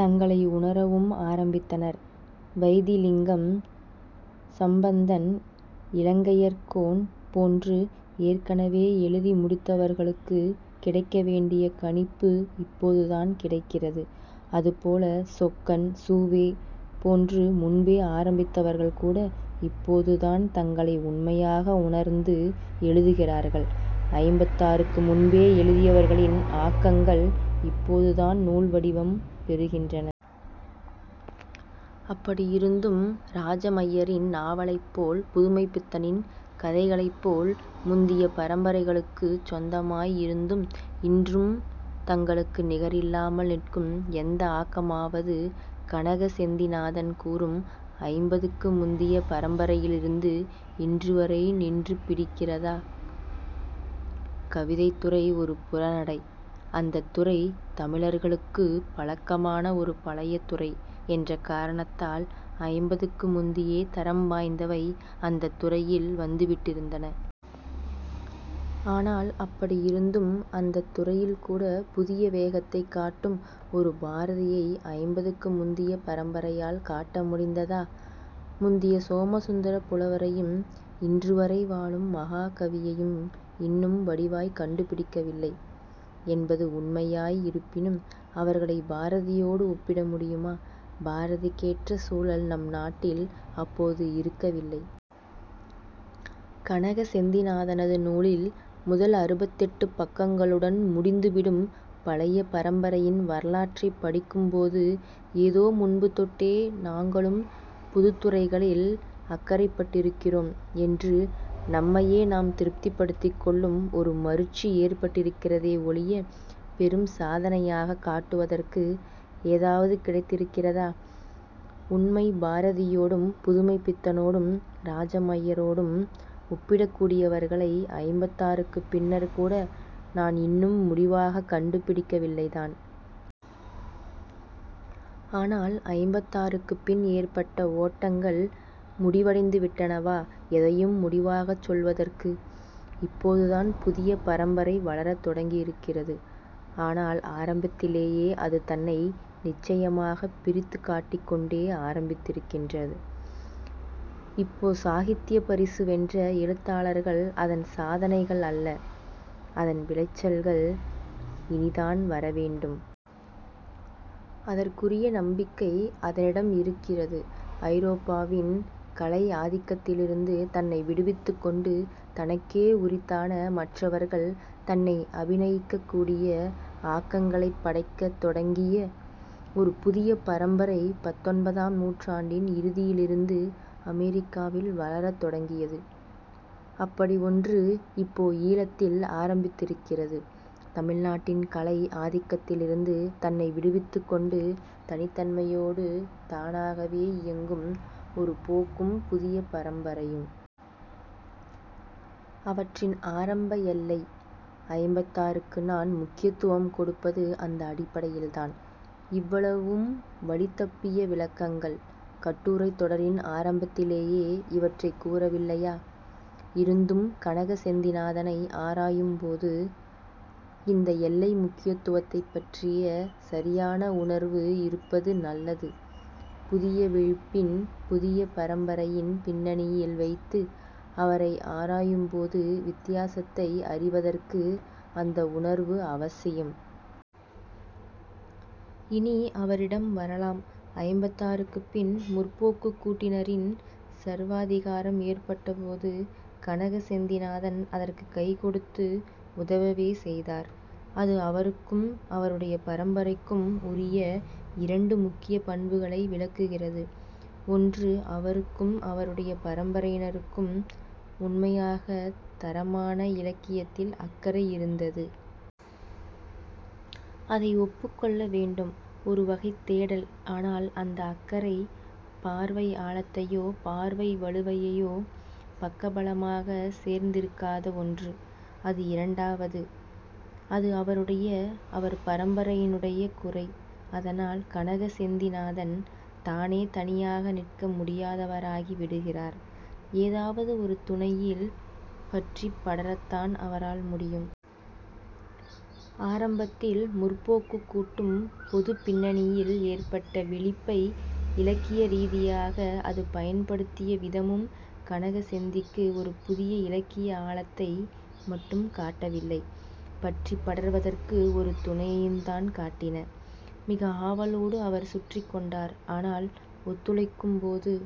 தங்களை உணரவும் ஆரம்பித்தனர். வைத்திலிங்கம், சம்பந்தன், இலங்கையர்கோன் போன்று ஏற்கனவே எழுதி முடித்தவர்களுக்குக் கிடைக்கவேண்டிய கணிப்பு இப்போதுதான் கிடைக்கிறது. அதுபோல சொக்கன், சு. வே. போன்று முன்பே ஆரம்பித்தவர்கள் கூட இப்போதுதான் தங்களை உண்மையாக உணர்ந்து எழுதுகிறார்கள். ஐம்பத்தாறுக்கு முன்பே எழுதியவர்களின் ஆக்கங்கள் இப்போதுதான் நூல்வடிவம் பெறுகின்றன. அப்படி இருந்தும் ராஜமய்யரின் நாவலைப்போல், புதுமைப்பித்தனின் கதைகளைப்போல் முந்திய பரம்பரைகளுக்குச் சொந்தமாய் இருந்தும் இன்றும் தங்களுக்கு நிகரில்லாமல் நிற்கும் எந்த ஆக்கமாவது கனக செந்திநாதன் கூறும் ஐம்பதுக்கு முந்திய பரம்பரையிலிருந்து இன்றுவரை நின்று பிடிக்கிறதா? கவிதைத்துறை ஒரு புறநடை. அந்தத் துறை தமிழர்களுக்குப் பழக்கமான ஒரு பழைய துறை என்ற காரணத்தால் ஐம்பதுக்கு முந்தியே தரம் வாய்ந்தவை அந்தத் துறையில் வந்துவிட்டிருந்தன. ஆனால் அப்படி இருந்தும் அந்தத் துறையில்கூட புதிய வேகத்தைக் காட்டும் ஒரு பாரதியை, ஐம்பதுக்கு முந்திய பரம்பரையால் காட்ட முடிந்ததா? முந்திய சோமசுந்தரப் புலவரையும் இன்றுவரை வாழும் மகாகவியையும் இன்னும் வடிவாய்க் கண்டுபிடிக்கவில்லை என்பது உண்மையாய் இருப்பினும் அவர்களைப் பாரதியோடு ஒப்பிட முடியுமா? பாரதிக்கேற்ற சூழல் நம் நாட்டில் அப்போது இருக்கவில்லை. கனக செந்திநாதனது நூலில் முதல் அறுபத்தெட்டு பக்கங்களுடன் முடிந்துவிடும் பழைய பரம்பரையின் வரலாற்றைப் படிக்கும்போது ஏதோ முன்பு தொட்டே நாங்களும் புதுத்துறைகளில் அக்கறைப்பட்டிருக்கிறோம் என்று நம்மையே நாம் திருப்திப்படுத்திக்கொள்ளும் ஒரு மருட்சி ஏற்பட்டிருக்கிறதே ஒழிய பெரும் சாதனையாகக் காட்டுவதற்கு ஏதாவது கிடைத்திருக்கிறதா? உண்மை, பாரதியோடும் புதுமைப்பித்தனோடும் ராஜமய்யரோடும் ஒப்பிடக்கூடியவர்களை ஐம்பத்தாறுக்குப் பின்னர் கூட நான் இன்னும் முடிவாகக் கண்டுபிடிக்கவில்லைதான். ஆனால் ஐம்பத்தாறுக்குப் பின் ஏற்பட்ட ஓட்டங்கள் முடிவடைந்துவிட்டனவா, எதையும் முடிவாகச் சொல்வதற்கு? இப்போதுதான் புதிய பரம்பரை வளரத் தொடங்கியிருக்கிறது. ஆனால் ஆரம்பத்திலேயே அது தன்னை நிச்சயமாகப் பிரித்துக் காட்டிக்கொண்டே ஆரம்பித்திருக்கின்றது. இப்போ சாகித்தியப் பரிசு வென்ற எழுத்தாளர்கள் அதன் சாதனைகள் அல்ல. அதன் விளைச்சல்கள் இனித்தான் வரவேண்டும். அதற்குரிய நம்பிக்கை அதனிடம் இருக்கிறது. ஐரோப்பாவின் கலை ஆதிக்கத்திலிருந்து தன்னை விடுவித்துக்கொண்டு தனக்கே உரித்தான, மற்றவர்கள் தன்னை அபிநயிக்கக்கூடிய, ஆக்கங்களைப் படைக்கத் தொடங்கிய ஒரு புதிய பரம்பரை பத்தொன்பதாம் நூற்றாண்டின் இறுதியிலிருந்து அமெரிக்காவில் வளரத் தொடங்கியது. அப்படி ஒன்று இப்போ ஈழத்தில் ஆரம்பித்திருக்கிறது. தமிழ்நாட்டின் கலை ஆதிக்கத்திலிருந்து தன்னை விடுவித்துக்கொண்டு தனித்தன்மையோடு தானாகவே இயங்கும் ஒரு போக்கும் புதிய பரம்பரையும்! அவற்றின் ஆரம்ப எல்லை. ஐம்பத்தாறு.க்கு நான் முக்கியத்துவம் கொடுப்பது அந்த அடிப்படையில்தான். இவ்வளவும் வழிதப்பிய விளக்கங்கள். கட்டுரைத் தொடரின் ஆரம்பத்திலேயே இவற்றைக் கூறவில்லையா? இருந்தும் கனக செந்திநாதனை ஆராயும்போது இந்த எல்லை முக்கியத்துவத்தைப்பற்றிய சரியான உணர்வு இருப்பது நல்லது. புதிய விழிப்பின் புதிய பரம்பரையின் பின்னணியில் வைத்து அவரை ஆராயும்போது வித்தியாசத்தை அறிவதற்கு அந்த உணர்வு அவசியம். இனி அவரிடம் வரலாம். ஐம்பத்தாறுக்குப் பின் 'முற்போக்கு'க் கூட்டினரின் சர்வாதிகாரம் ஏற்பட்டபோது கனக செந்திநாதன் அதற்குக் கைகொடுத்து உதவவே செய்தார். அது அவருக்கும் அவருடைய பரம்பரைக்கும் உரிய இரண்டு முக்கிய பண்புகளை விளக்குகிறது. ஒன்று, அவருக்கும் அவருடைய பரம்பரையினருக்கும் உண்மையாகத் தரமான இலக்கியத்தில் அக்கறை இருந்தது. அதை ஒப்புக்கொள்ள வேண்டும். ஒருவகைத் தேடல். ஆனால் அந்த அக்கறை, பார்வை ஆழத்தையோ பார்வை வலுவையையோ பக்கபலமாகச் சேர்ந்திருக்காத ஒன்று. அது இரண்டாவது. அது அவருடைய, அவர் பரம்பரையினுடைய குறை. அதனால் கனக செந்திநாதன் தானே தனியாக நிற்க முடியாதவராகி விடுகிறார். ஏதாவது ஒரு துணையில் பற்றிப் படரத்தான் அவரால் முடியும். ஆரம்பத்தில் முற்போக்குக் கூட்டும், பொதுப் பின்னணியில் ஏற்பட்ட விழிப்பை இலக்கிய ரீதியாக அது பயன்படுத்திய விதமும் கனக செந்திக்கு ஒரு புதிய இலக்கிய ஆழத்தை மட்டும் காட்டவில்லை. பற்றிப் படர்வதற்கு ஒரு துணையையுந்தான் காட்டின. மிக ஆவலோடு அவர் சுற்றிக்கொண்டார். ஆனால் ஒத்துழைக்கும்போது